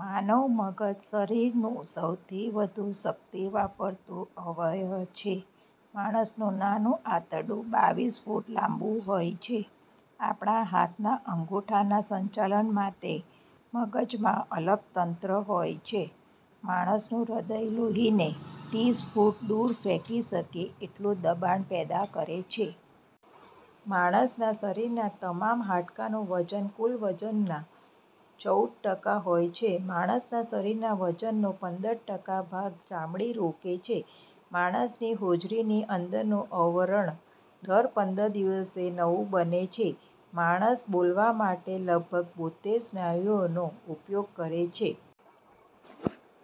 માનવમગજ શરીરનું સૌથી વધુ શક્તિ વાપરતું અવયવ છે. માણસનું નાનું આંતરડું બાવીસ ફૂટ લાંબુ હોય છે. આપણા હાથના અંગુઠા ના સંચાલન માટે મગજમાં અલગ તંત્ર હોય છે. માણસનું હૃદય લોહીને તીસ ફૂટ દૂર ફેંકી શકે તેટલું દબાણ પેદા કરે છે. માણસના શરીરના તમામ હાડકાનું વજન કુલ વજનના ચઉદ ટકા હોય છે. માણસના શરીરના વજનનો પંદર ટકા ભાગ ચામડી રોકે છે. માણસની હોજરીની અંદરનું આવરણ દર પંદર દિવસે નવું બને છે. માણસ બોલવા માટે લગભગ બોતેર સ્નાયુઓ નો ઉપયોગ કરે છે.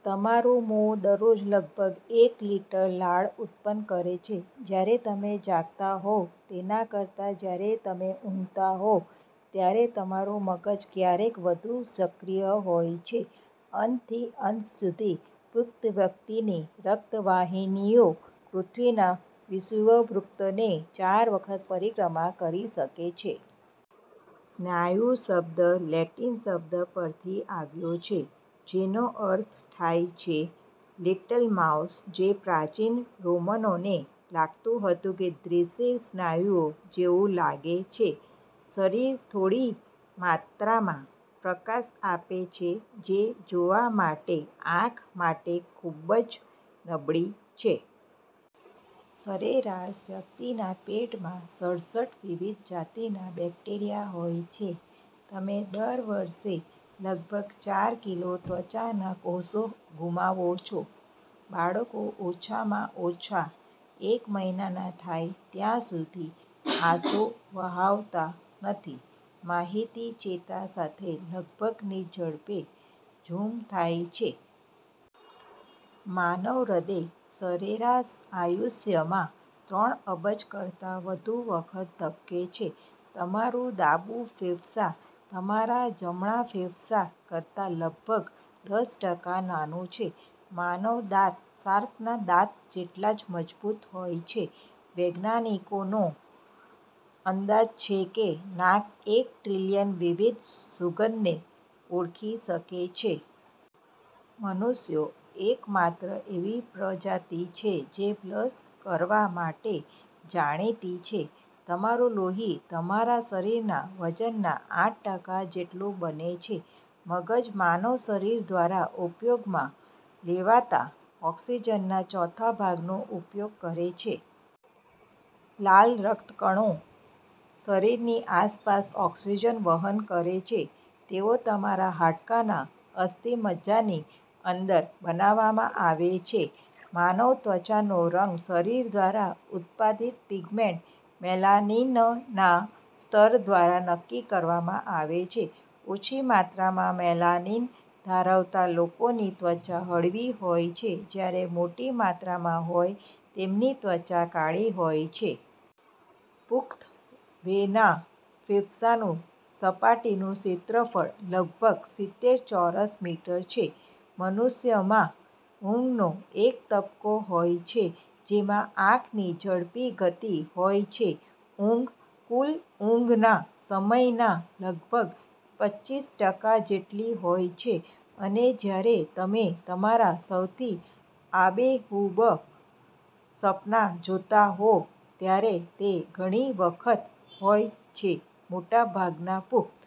તમારું મોં દરરોજ લગભગ એક લિટર લાળ ઉત્પન્ન કરે છે! જ્યારે તમે જાગતા હોવ તેના કરતાં જ્યારે તમે ઊંઘતા હોવ ત્યારે તમારું મગજ ક્યારેક વધુ સક્રિય હોય છે. અંતથી અંત સુધી, પુખ્ત વ્યક્તિની રક્તવાહિનીઓ પૃથ્વીના વિષુવવૃત્તને ચાર વખત પરિક્રમા કરી શકે છે! 'સ્નાયુ' શબ્દ લેટિન શબ્દ પરથી આવ્યો છે જેનો અર્થ થાય છે ' લિટલ માઉસ ', જે પ્રાચીન રોમનોને લાગતું હતું કે દ્વિશિર સ્નાયુઓ જેવું લાગે છે. શરીર થોડી માત્રામાં પ્રકાશ આપે છે જે જોવા માટે આંખ માટે ખૂબ જ નબળી છે. સરેરાશ વ્યક્તિના પેટમાં સડસઠ વિવિધ જાતિના બેક્ટેરિયા હોય છે. તમે દર વર્ષે લગભગ ચાર કિલો ત્વચાના કોષો ગુમાવો છો! બાળકો ઓછામાં ઓછા એક મહિનાના થાય ત્યાં સુધી આંસુ વહાવતા નથી. માહિતી ચેતા સાથે લગભગ ની ઝડપે ઝૂમ થાય છે! માનવ હૃદય સરેરાશ આયુષ્યમાં ત્રણ અબજ કરતા વધુ વખત ધબકે છે. તમારું ડાબું ફેફસાં તમારા જમણા ફેફસા કરતાં લગભગ દસ ટકા નાનું છે. માનવ દાંત શાર્કના દાંત જેટલા જ મજબૂત હોય છે. વૈજ્ઞાનિકોનો અંદાજ છે કે નાક એક ટ્રિલિયન વિવિધ સુગંધને ઓળખી શકે છે! મનુષ્યો એકમાત્ર એવી પ્રજાતિ છે જે બ્લશ કરવા માટે જાણીતી છે. તમારું લોહી તમારા શરીરના વજનના આઠ ટકા જેટલું બને છે. મગજ માનવ શરીર દ્વારા ઉપયોગમાં લેવાતા ઓક્સિજનના ચોથા ભાગનો ઉપયોગ કરે છે. લાલ રક્તકણો શરીરની આસપાસ ઓક્સિજન વહન કરે છે. તેઓ તમારા હાડકાના અસ્થિમજ્જાની અંદર બનાવવામાં આવે છે. માનવ ત્વચાનો રંગ શરીર દ્વારા ઉત્પાદિત પિગમેન્ટ મેલાનિનના સ્તર દ્વારા નક્કી કરવામાં આવે છે. ઓછી માત્રામાં મેલાનિન ધરાવતા લોકોની ત્વચા હળવી હોય છે જ્યારે મોટી માત્રામાં હોય તેમની ત્વચા કાળી હોય છે. પુખ્ત વયના ફેફસાંનું સપાટીનું ક્ષેત્રફળ લગભગ સિત્તેર ચોરસ મીટર છે! મનુષ્યમાં ઊંઘનો એક તબક્કો હોય છે જેમાં આંખની ઝડપી ગતિ હોય છે. ઊંઘ કુલ ઊંઘના સમયના લગભગ પચીસ ટકા જેટલી હોય છે અને જ્યારે તમે તમારા સૌથી આબેહૂબ સપના જોતા હો ત્યારે તે ઘણી વખત હોય છે. મોટાભાગના પુખ્ત